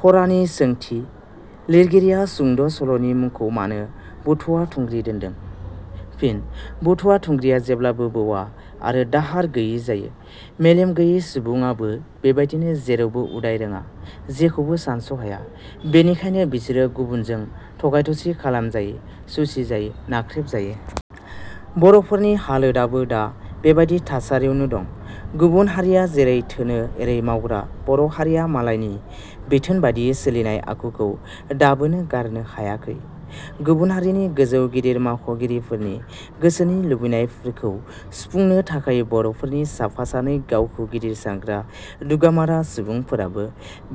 फरानि सोंथि. लिरगिरिया सुंद' सल'नि मुंखौ मानो 'बुथुवा थुंग्रि' दोनदों? फिन: बुथुवा थुंग्रिया जेब्लाबो बौवा आरो दाहार गैयि जायो। मेलेम गैयै सुबुङाबो बेबादिनो जेरावबो उदाय रोङा, जेखौबो सानस' हाया। बेनिखायनो बिसोरो गुबुनजों थगाय-थसि खालामजायो, सुसिजायो, नारसेबजायो। बर'फोरनि हालोदाबो दा बेबादि थासारियावनो दं। गुबुन हारिया जेरै थोनो एरैनो मावग्रा बर' हारिया मालायनि बिथोन बादियै सोलिनाय आखुखौ दाबोनो गारनो हायाखै। गुबुन हारिनि गोजौ गिदिर मावख'गिरिफोरनि गोसोनि लुबैनायफोरखौ सुफुंनो थाखाय बर'फोरनि साफा सानै गावखौ गिदिर सानग्रा दुगामारा सुबुंफोराबो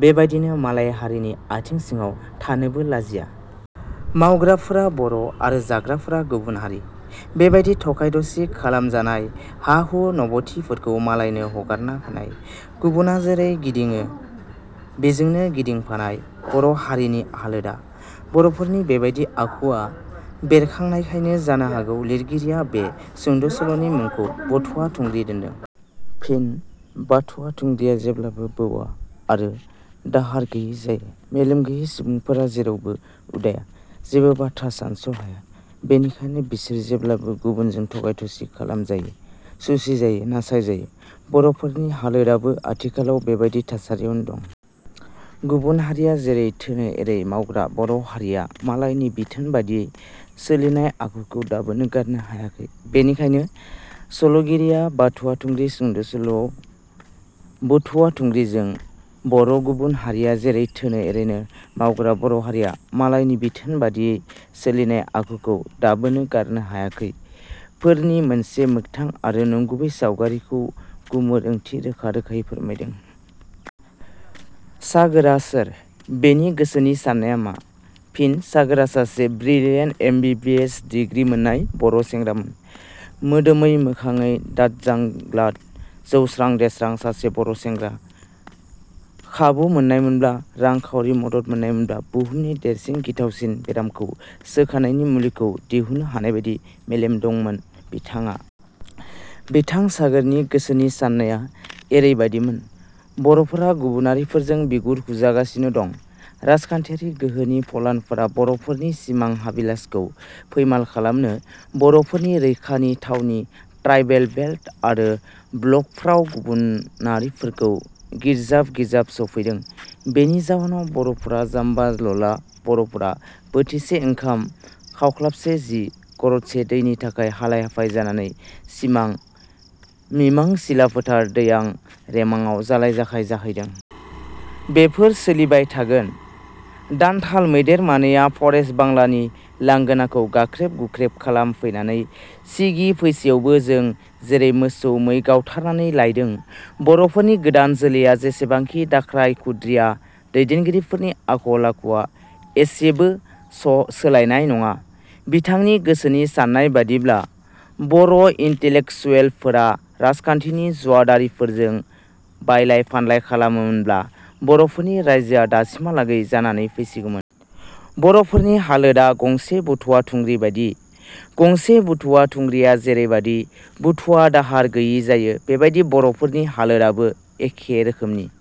बेबादिनो मालाय हारिनि आथिं सिङाव थानोबो लाजिया। मावग्राफोरा बर' आरो जाग्राफोरा गुबुन हारि। बेबादिनो थगाय-थसि खालामजानाय, हा-हु नबथिफोरखौबो मालायनो हगारना होनाय, गुबुना जेरै गिदिङो बेजोंनो गिदिंफानाय बर' हारिनि हालोदा। बर'फोरनि बेबायदि आखुआ बेरखांनायखायनो जानो हागौ लिरगिरिया बे सुंद' सल'नि मुंखौ "बुथुवा थुंग्रि" दोनदों। फिन: बुथुवा थुंग्रिया जेब्लाबो बौवा आरो दाहार गैयि जायो। मेलेम गैयै सुबुंफोरा जेरावबो उदाया, जेबो बाथ्रा सानस'हाया। बेनिखायनो बिसोर जेब्लाबो गुबुनजों थगाय थसि खालाम जायो, सुसि जायो, नासयजायो। बर'फोरनि हालोदाबो आथिखालावबो बेबायदि थासारियावनो दं। गुबुन हारिया जेरै थोनो एरै मावग्रा बर' हारिया मालायनि बिथोन बादियै सोलिनाय आखुखौ दाबोनो गारनो हायाखै। बेनिखायनो सल'गिरिया "बाथुवा थुंग्रि" सुंद' सल'वाव बुथुवा थुंग्रिजों बरगुबुन हारिया जेरै थोनो एरैनो मावग्रा बर' हारिया मालायनि बिथोन बादियै सोलिनाय आखुखौ दाबोनो गारनो हायाखै'फोरनि मोनसे मोगथां आरो नंगुबै सावगारिखौ गुमुर ओंथिखौ रोखा रोखायै फोरमायदों।. सागोरा सोर? बेनि गोसोनि साननाया मा? फिन: सागोरा सासे brilliant M. B. B. S. Degree मोननाय बर'सेंग्रामोन। मोदोमै मोखांङै दाथ जालांगाद, जौस्रां देरस्रां सासे बर' सेंग्रा। खाबु मोननायमोनब्ला, रां खाउरि मदद मोननायमोनब्ला बुहुमनि देरसिन गिथावसिन बेरामखौ सोखानायनि मुलिखौ दिहुननो हानायबादि मेलेम दंमोन बिथांहा। बिथां सागोरनि गोसोनि साननाया एरै बादिमोन- "बर'फोरा गुबुनारिफोरजों बिगुर खुजागासिनो दं। राजखान्थियारि गोहोनि फलानफोरा बर'फोरनि सिमां-हाबिलासखौ फैमाल खालामनो, बर'फोरनि रैखानि थावनि ट्राइबेल बेल्ट आरो ब्लकफ्राव गुबुनारिफोरखौ गिर्जाब गिर्जाब सोफैदों। बेनि जाउनाव बर'फोरा – जाम्बा लल्ला बर'फोरा बोथिसे ओंखाम, खावख्लाबसे सि, गरदसे दैनि थाखाय हालाय-हाफाय जानानै सिमा मिमां, सिलाफोथार, दैयां, रेंमायाव जालाय-जाखाय जाहैदों। बेफोर सोलिबाय थागोन। दान्थाल मैदेर मानैया फरेस्ट बांलानि लांगोनाखौ गाख्रेब गुख्रेब खालामफैनानै सिगि फैसेयावबो जों जेरै मोसौ मै गावथारनानै लायदों बर'फोरनि गोदान जोलैया जेसेबांखि दाख्राया खुद्रिया दैदेनगिरिफोरनि आखल आखुवा इसेबो स सोलायनाय नङा। बिथांनि गोसोनि साननाय बादिब्ला- बर' इन्टेलेकसुवेलफोरा राजखान्थिनि जुवादारिफोरजों बायलाय-फानलाय खालामामोनब्ला बर'फोरनि राइजोआ दासिमहालागै जानानै फैसिगौमोन। बर'फोरनि हालोदा गंसे बुथुवा थुंग्रि बादि। गंसे बुथुवा थुंग्रिया जेरैबादि बुथुवा दाहार गैयि जायो बेबादिनो बर'फोरनि हालोदाबो एखे रोखोमनि।